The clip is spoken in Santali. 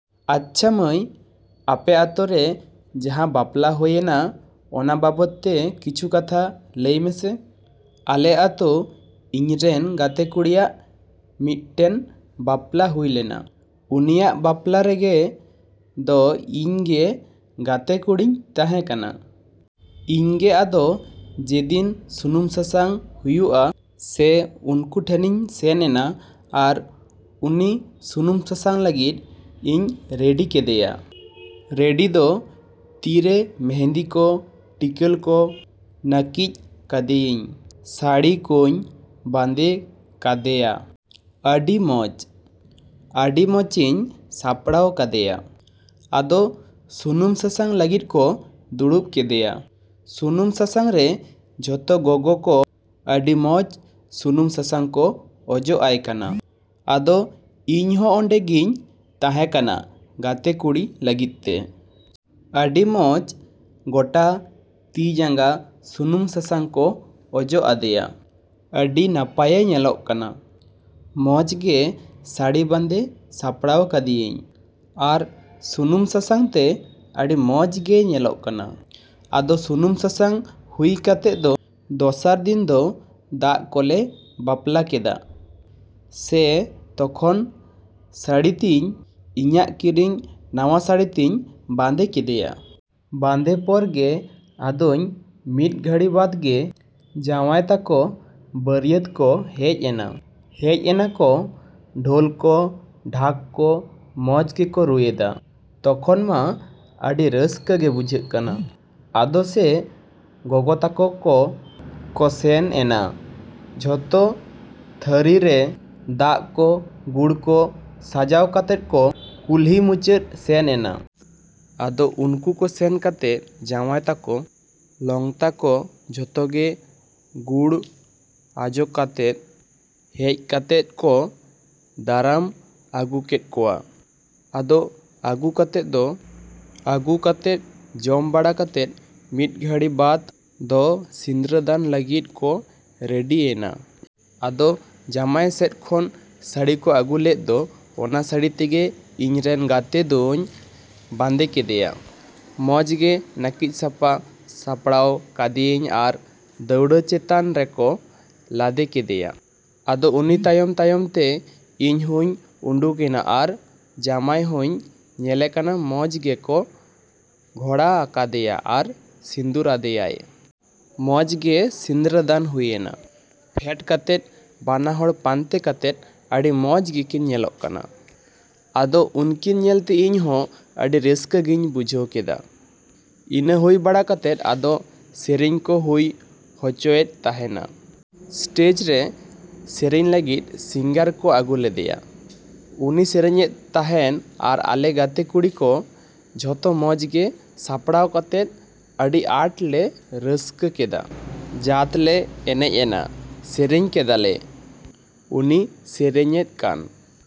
ᱟᱪᱪᱷᱟ ᱢᱟᱹᱭ, ᱟᱯᱮ ᱟᱛᱳᱨᱮ ᱡᱟᱦᱟᱸ ᱵᱟᱯᱞᱟ ᱦᱳᱭ ᱮᱱᱟ ᱚᱱᱟ ᱵᱟᱵᱚᱫ ᱛᱮ ᱠᱤᱪᱷᱩ ᱠᱟᱛᱷᱟ ᱞᱟᱹᱭ ᱢᱮᱥᱮ? ᱟᱞᱮ ᱟᱛᱳ ᱤᱧᱨᱮᱱ ᱜᱟᱛᱮ ᱠᱩᱲᱤᱭᱟᱜ ᱢᱤᱫ ᱴᱮᱱ ᱵᱟᱯᱞᱟ ᱦᱳᱭ ᱞᱮᱱᱟ᱾ ᱩᱱᱤᱭᱟᱜ ᱵᱟᱯᱞᱟ ᱨᱮᱜᱮ ᱫᱚ ᱤᱧ ᱜᱮ ᱜᱟᱛᱮ ᱠᱩᱲᱤᱧ ᱛᱟᱦᱮᱸ ᱠᱟᱱᱟ᱾ ᱤᱧ ᱜᱮ ᱟᱫᱚ ᱡᱮ ᱫᱤᱱ ᱥᱩᱱᱩᱢ ᱥᱟᱥᱟᱝ ᱦᱩᱭᱩᱜᱼᱟ ᱥᱮ ᱩᱱᱠᱩ ᱴᱷᱮᱱᱤᱧ ᱥᱮᱱ ᱮᱱᱟ ᱟᱨ ᱩᱱᱤ ᱥᱩᱱᱩᱢ ᱥᱟᱥᱟᱝ ᱞᱟᱹᱜᱤᱫ ᱤᱧ ᱨᱮᱰᱤ ᱠᱮᱫᱮᱭᱟ᱾ ᱨᱮᱰᱤ ᱫᱚ ᱛᱤ ᱨᱮ ᱢᱮᱦᱮᱱᱫᱤ ᱠᱚ, ᱴᱤᱠᱟᱹᱜ ᱠᱚ, ᱱᱟᱹᱠᱤᱪ ᱠᱟᱫᱮᱭᱟᱹᱧ, ᱥᱟᱹᱲᱤ ᱠᱚᱧ ᱵᱟᱸᱫᱮ ᱠᱟᱫᱮᱭᱟ᱾ ᱟᱹᱰᱤ ᱢᱚᱸᱡᱽ, ᱟᱹᱰᱤ ᱢᱚᱸᱡᱤᱧ ᱥᱟᱯᱲᱟᱣ ᱠᱟᱫᱮᱭᱟ᱾ ᱟᱫᱚ ᱥᱩᱱᱩᱢ ᱥᱟᱥᱟᱝ ᱞᱟᱹᱜᱤᱫ ᱠᱚ ᱫᱩᱲᱩᱵ ᱠᱮᱫᱮᱭᱟ᱾ ᱥᱩᱱᱩᱢ ᱥᱟᱥᱟᱝ ᱨᱮ ᱡᱷᱚᱛᱚ ᱜᱚᱜᱚ ᱠᱚ ᱟᱹᱰᱤ ᱢᱚᱸᱡᱽ ᱥᱩᱱᱩᱢ ᱥᱟᱥᱟᱝ ᱠᱚ ᱚᱡᱚᱜ ᱟᱭ ᱠᱟᱱᱟ᱾ ᱟᱫᱚ ᱤᱧ ᱦᱚᱸ ᱚᱸᱰᱮ ᱜᱤᱧ ᱛᱟᱦᱮᱸ ᱠᱟᱱᱟ ᱜᱟᱛᱮ ᱠᱩᱲᱤ ᱞᱟᱹᱜᱤᱫ ᱛᱮ᱾ ᱟᱹᱰᱤ ᱢᱚᱸᱡᱽ ᱜᱚᱴᱟ ᱛᱤ ᱡᱟᱸᱜᱟ ᱥᱩᱱᱩᱢ ᱥᱟᱥᱟᱝ ᱠᱚ ᱚᱡᱚᱜ ᱟᱫᱮᱭᱟ, ᱟᱹᱰᱤ ᱱᱟᱯᱟᱭᱮ ᱧᱮᱞᱚᱜ ᱠᱟᱱᱟ᱾ ᱢᱚᱸᱡᱽ ᱜᱮ ᱥᱟᱹᱲᱤ ᱵᱟᱸᱫᱮ ᱥᱟᱯᱲᱟᱣ ᱠᱟᱫᱮᱭᱟᱹᱧ ᱟᱨ ᱥᱩᱱᱩᱢ ᱥᱟᱥᱟᱝ ᱛᱮ ᱟᱹᱰᱤ ᱢᱚᱸᱡᱽ ᱜᱮᱭ ᱧᱮᱞᱚᱜ ᱠᱟᱱᱟ᱾ ᱟᱫᱚ ᱥᱩᱱᱩᱢ ᱥᱟᱥᱟᱝ ᱦᱩᱭ ᱠᱟᱛᱮᱫ ᱫᱚ ᱫᱚᱥᱟᱨ ᱫᱤᱱ ᱫᱚ ᱫᱟᱜ ᱠᱚᱞᱮ ᱵᱟᱯᱞᱟ ᱠᱮᱫᱟ ᱥᱮ ᱛᱚᱠᱷᱚᱱ ᱥᱟᱹᱲᱤ ᱛᱤᱧ, ᱤᱧᱟᱹᱜ ᱠᱤᱨᱤᱧ ᱱᱟᱣᱟ ᱥᱟᱹᱲᱤ ᱛᱤᱧ ᱵᱟᱸᱫᱮ ᱠᱮᱫᱮᱭᱟ᱾ ᱵᱟᱸᱫᱮ ᱯᱚᱨ ᱜᱮ ᱟᱫᱚᱧ ᱢᱤᱫ ᱜᱷᱟᱹᱲᱤ ᱵᱟᱫ ᱜᱮ ᱡᱟᱶᱟᱭ ᱛᱟᱠᱚ ᱵᱟᱹᱨᱭᱟᱹᱛ ᱠᱚ ᱦᱮᱡ ᱮᱱᱟ᱾ ᱦᱮᱡ ᱮᱱᱟᱠᱚ ᱰᱷᱳᱞ ᱠᱚ ᱰᱷᱟᱠ ᱠᱚ ᱢᱚᱸᱡᱽ ᱜᱮᱠᱚ ᱨᱩ ᱮᱫᱟ, ᱛᱚᱠᱷᱚᱱ ᱢᱟ ᱟᱹᱰᱤ ᱨᱟᱹᱥᱠᱟᱹ ᱜᱮ ᱵᱩᱡᱷᱟᱹᱜ ᱠᱟᱱᱟ᱾ ᱟᱫᱚ ᱥᱮ ᱜᱚᱜᱚ ᱛᱟᱠᱚ ᱠᱚᱠᱚ ᱥᱮᱱ ᱮᱱᱟ ᱡᱚᱛᱚ ᱛᱷᱟᱹᱨᱤ ᱨᱮ ᱫᱟᱜ ᱠᱚ ᱜᱩᱲ ᱠᱚ ᱥᱟᱡᱟᱣ ᱠᱟᱛᱮᱫ ᱠᱚ ᱠᱩᱞᱦᱤ ᱢᱩᱪᱟᱹᱫ ᱥᱮᱱ ᱮᱱᱟ᱾ ᱟᱫᱚ ᱩᱱᱠᱩ ᱠᱚ ᱥᱮᱱ ᱠᱟᱛᱮᱫ ᱡᱟᱶᱟᱭ ᱛᱟᱠᱚ, ᱞᱚᱝᱛᱟ ᱠᱚ ᱡᱚᱛᱚ ᱜᱮ ᱜᱩᱲ ᱟᱡᱚᱜ ᱠᱟᱛᱮᱫ, ᱦᱮᱣ ᱠᱟᱛᱮᱫ ᱠᱚ ᱫᱟᱨᱟᱢ ᱟᱹᱜᱩ ᱠᱮᱫ ᱠᱚᱣᱟ᱾ ᱟᱫᱚ ᱟᱹᱜᱩ ᱠᱟᱛᱮᱫ ᱫᱚ, ᱟᱹᱜᱩ ᱠᱟᱛᱮᱫ ᱡᱚᱢ ᱵᱟᱲᱟ ᱠᱟᱛᱮᱫ ᱢᱤᱫ ᱜᱷᱟᱹᱲᱤ ᱵᱟᱫ ᱫᱚ ᱥᱤᱸᱫᱽᱨᱟᱹ ᱫᱟᱱ ᱞᱟᱹᱜᱤᱫ ᱠᱚ ᱨᱮᱰᱤ ᱮᱱᱟ᱾ ᱟᱫᱚ ᱡᱟᱢᱟᱭ ᱥᱮᱫ ᱠᱷᱚᱱ ᱥᱟᱹᱲᱤ ᱠᱚ ᱟᱹᱜᱩ ᱞᱮᱫ ᱫᱚ ᱚᱱᱟ ᱥᱟᱹᱲᱤ ᱛᱮᱜᱮ ᱤᱧ ᱨᱮᱱ ᱜᱟᱛᱮ ᱫᱚᱧ ᱵᱟᱸᱫᱮ ᱠᱮᱫᱮᱭᱟ᱾ ᱢᱚᱸᱡᱽ ᱜᱮ ᱱᱟᱹᱠᱤᱪ ᱥᱟᱯᱷᱟ ᱥᱟᱯᱲᱟᱣ ᱠᱟᱫᱮᱭᱟᱹᱧ ᱟᱨ ᱫᱟᱹᱣᱲᱟᱹ ᱪᱮᱛᱟᱱ ᱨᱮᱠᱚ ᱞᱟᱫᱮ ᱠᱮᱫᱮᱭᱟ᱾ ᱟᱫᱚ ᱩᱱᱤ ᱛᱟᱭᱚᱢᱼᱛᱟᱭᱚᱢ ᱛᱮ ᱤᱧ ᱦᱚᱸᱧ ᱩᱰᱩᱠᱮᱱᱟ ᱟᱨ ᱡᱟᱢᱟᱭ ᱦᱚᱸᱧ ᱧᱮᱞᱮ ᱠᱟᱱᱟ ᱢᱚᱸᱡᱽ ᱜᱮᱠᱚ ᱜᱷᱚᱲᱟ ᱟᱠᱟᱫᱮᱭᱟ ᱟᱨ ᱥᱤᱸᱫᱩᱨ ᱟᱫᱮᱭᱟᱭ᱾ ᱢᱚᱸᱡᱽ ᱜᱮ ᱥᱤᱸᱫᱽᱨᱟᱹ ᱫᱟᱱ ᱦᱩᱭ ᱮᱱᱟ᱾ ᱯᱷᱮᱰ ᱠᱟᱛᱮᱫ ᱵᱟᱱᱟ ᱦᱚᱲ ᱯᱟᱱᱛᱮ ᱠᱟᱛᱮᱫ ᱟᱹᱰᱤ ᱢᱚᱸᱡᱽ ᱜᱮᱠᱤᱱ ᱧᱮᱞᱚᱜ ᱠᱟᱱᱟ᱾ ᱟᱫᱚ ᱩᱱᱠᱤᱱ ᱧᱮᱞᱛᱮ ᱤᱧ ᱦᱚᱸ ᱟᱹᱰᱤ ᱨᱟᱹᱥᱠᱟᱹ ᱜᱤᱧ ᱵᱩᱡᱷᱟᱹᱣ ᱠᱮᱫᱟ᱾ ᱤᱱᱟᱹ ᱦᱩᱭ ᱵᱟᱲᱟ ᱠᱟᱛᱮᱫ ᱟᱫᱚ ᱥᱮᱨᱮᱧ ᱠᱚ ᱦᱩᱭ ᱦᱚᱪᱚᱭᱮᱫ ᱛᱟᱸᱦᱮᱱᱟ᱾ ᱥᱴᱮᱡ ᱨᱮ ᱥᱮᱨᱮᱧ ᱞᱟᱹᱜᱤᱫ ᱥᱤᱝᱜᱟᱨ ᱠᱚ ᱟᱹᱜᱩ ᱞᱮᱫᱮᱭᱟ᱾ ᱩᱱᱤ ᱥᱮᱨᱮᱧᱮᱫ ᱛᱟᱸᱦᱮᱱ ᱟᱨ ᱟᱞᱮ ᱜᱟᱛᱮ ᱠᱩᱲᱤ ᱠᱚ ᱡᱚᱛᱚ ᱢᱚᱸᱡᱽ ᱜᱮ ᱥᱟᱯᱲᱟᱣ ᱠᱟᱛᱮᱫ ᱟᱹᱰᱤ ᱟᱸᱴ ᱞᱮ ᱨᱟᱹᱥᱠᱟᱹ ᱠᱮᱫᱟ᱾ ᱡᱟᱛ ᱞᱮ ᱮᱱᱮᱡ ᱮᱱᱟ, ᱥᱮᱨᱮᱧ ᱠᱮᱫᱟ ᱞᱮ᱾ ᱩᱱᱤ ᱥᱮᱨᱮᱧᱮᱫ ᱠᱟᱱ